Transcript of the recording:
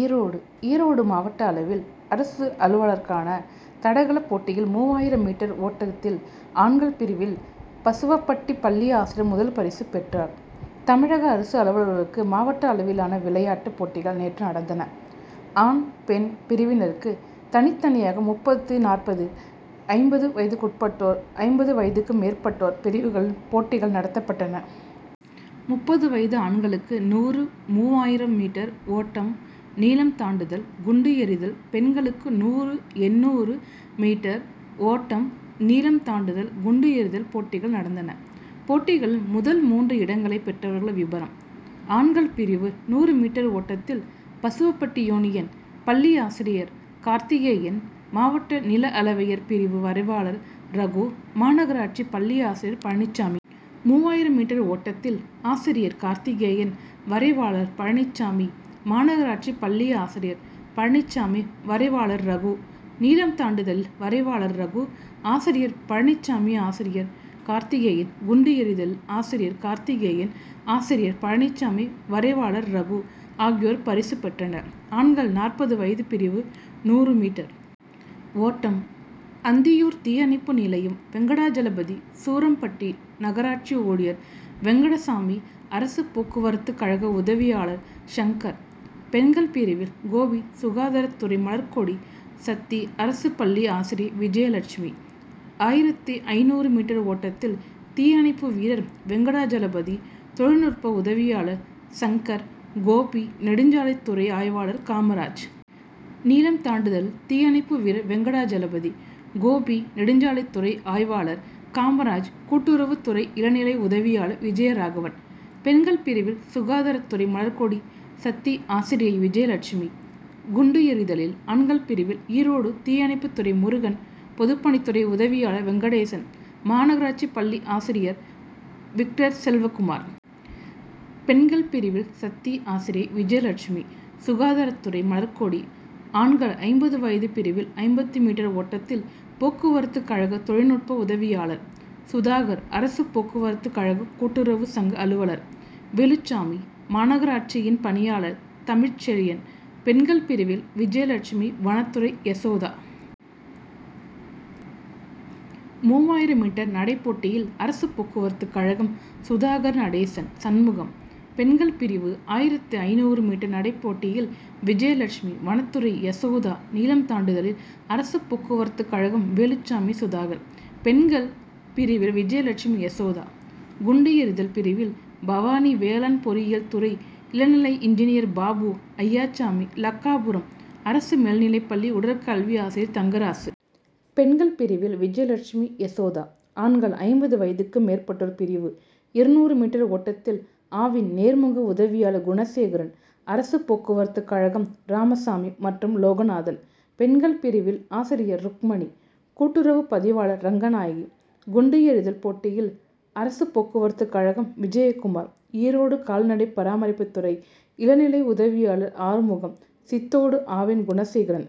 ஈரோடு ஈரோடு மாவட்ட அளவில் அரசு அலுவலர்க்கான தடகள போட்டியில் மூவாயிரம் மீட்டர் ஓட்டத்தில் ஆண்கள் பிரிவில் பசுவப்பட்டி பள்ளி ஆசிரியர் முதல் பரிசு பெற்றார். தமிழக அரசு அலுவலர்களுக்கு மாவட்ட அளவிலான விளையாட்டு போட்டிகள் நேற்று நடந்தன. ஆண் பெண் பிரிவினருக்கு தனித்தனியாக முப்பது நாற்பது ஐம்பது வயதுக்குட்பட்டோர் ஐம்பது வயதுக்கு மேற்பட்டோர் பிரிவுகளில் போட்டிகள் நடத்தப்பட்டன. முப்பது வயது ஆண்களுக்கு நூறு மூவாயிரம் மீ. ஓட்டம் நீளம் தாண்டுதல் குண்டு எறிதல் பெண்களுக்கு நூறு எண்ணூறு மீ. ஓட்டம் நீளம் தாண்டுதல் குண்டு எறிதல் போட்டிகள் நடந்தன. போட்டிகளில் முதல் மூன்று இடங்களை பெற்றவர்கள் விபரம் ஆண்கள் பிரிவு நூறு மீ. ஓட்டத்தில் பசுவபட்டி யூனியன் பள்ளி ஆசிரியர் கார்த்திகேயன் மாவட்ட நிலஅளவையர் பிரிவு வரைவாளர் ரகு மாநகராட்சி பள்ளி ஆசிரியர் பழனிச்சாமி. மூவாயிரம் மீ. ஓட்டத்தில் ஆசிரியர் கார்த்திகேயன் வரைவாளர் பழனிச்சாமி மாநகராட்சி பள்ளி ஆசிரியர் பழனிச்சாமி வரைவாளர் ரகு. நீளம் தாண்டுதலில் வரைவாளர் ரகு ஆசிரியர் பழனிச்சாமி ஆசிரியர் கார்த்திகேயன். குண்டு எறிதலில் ஆசிரியர் கார்த்திகேயன் ஆசிரியர் பழனிச்சாமி வரைவாளர் ரகு ஆகியோர் பரிசு பெற்றனர். ஆண்கள் நாற்பது வயது பிரிவு நூறு மீ. ஓட்டம் அந்தியூர் தீயணைப்பு நிலையம் வெங்கடாஜலபதி சூரம்பட்டி நகராட்சி ஊழியர் வெங்கடசாமி அரசு போக்குவரத்து கழக உதவியாளர் சங்கர். பெண்கள் பிரிவில் கோபி சுகாதாரத்துறை மலர்கொடி சத்தி அரசு பள்ளி ஆசிரி விஜயலட்சுமி. ஆயிரத்து ஐந்நூறு மீ. ஓட்டத்தில் தீயணைப்பு வீரர் வெங்கடாஜலபதி தொழிநுட்ப உதவியாளர் சங்கர் கோபி நெடுஞ்சாலைத்துறை ஆய்வாளர் காமராஜ். நீளம் தாண்டுதலில் தீயணைப்பு வீரர் வெங்கடஜலாபதி கோபி நெடுஞ்சாலைத்துறை ஆய்வாளர் காமராஜ் கூட்டுறவு துறை இளநிலை உதவியாளர் விஜயராகவன். பெண்கள் பிரிவில் சுகாதாரத்துறை மலர்கொடி சத்தி ஆசிரியை விஜயலட்சுமி. குண்டு எறிதல் ஆண்கள் பிரிவில் ஈரோடு தீயணைப்பு துறை முருகன் பொதுப்பணித்துறை உதவியாளர் வெங்கடேசன் மாநகராட்சி பள்ளி ஆசிரியர் விக்டர் செல்வகுமார். பெண்கள் பிரிவில் சத்தி ஆசிரியை விஜயலட்சுமி சுகாதாரத்துறை மலர்கொடி. ஆண்கள் ஐம்பது வயது பிரிவில் ஐம்பது மீ. ஓட்டத்தில் போக்குவரத்து கழக தொழில்நுட்ப உதவியாளர் சுதாகர் அரசு போக்குவரத்து கழக கூட்டுறவு சங்க அலுவலர் வேலுச்சாமி மாநகராட்சி பணியாளர் தமிழ் செழியன். பெண்கள் பிரிவில் விஜயலட்சுமி வனத்துறை யாசோதா. மூவாயிரம் மீ. நடை போட்டியில் அரசு போக்குவரத்து கழகம் சுதாகர் நடேசன் சண்முகம். பெண்கள் பிரிவு ஆயிரத்து ஐந்நூறு மீ. நடைப்போட்டியில் விஜயலட்சுமி வனத்துறை யசோதா நீளம் தாண்டுதலில் அரசு போக்குவரத்துக்கழகம் வேலுச்சாமி சுதாகர். பெண்கள் பிரிவில் விஜயலட்சுமி யசோதா. குண்டு எறிதல் பிரிவில் பவானி வேளாண் பொறியியல் துறை இளநிலை இன்ஜினியர் பாபு அய்யாச்சாமி லக்காபுரம் அரசு மேல்நிலைப்பள்ளி உடற்கல்வி ஆசிரியர் தங்கராசு. பெண்கள் பிரிவில் விஜயலட்சுமி யசோதா. ஆண்கள் ஐம்பது வயதுக்கு மேற்பட்டோர் பிரிவு இருநூறு மீ. ஓட்டத்தில் ஆவின் நேர்முக உதவியாளர் குணசேகரன் அரசு போக்குவரத்து கழகம் ராமசாமி மற்றும் லோகநாதன். பெண்கள் பிரிவில் ஆசிரியர் ருக்கமணி கூட்டுறவு பதிவாளர் ரங்கநாயகி. குண்டு எறிதல் போட்டியில் அரசு போக்குவரத்து கழகம் விஜயகுமார் ஈரோடு கால்நடை பராமரிப்பு துறை இளநிலை உதவியாளர் ஆறுமுகம் சித்தோடு ஆவின் குணசேகரன்.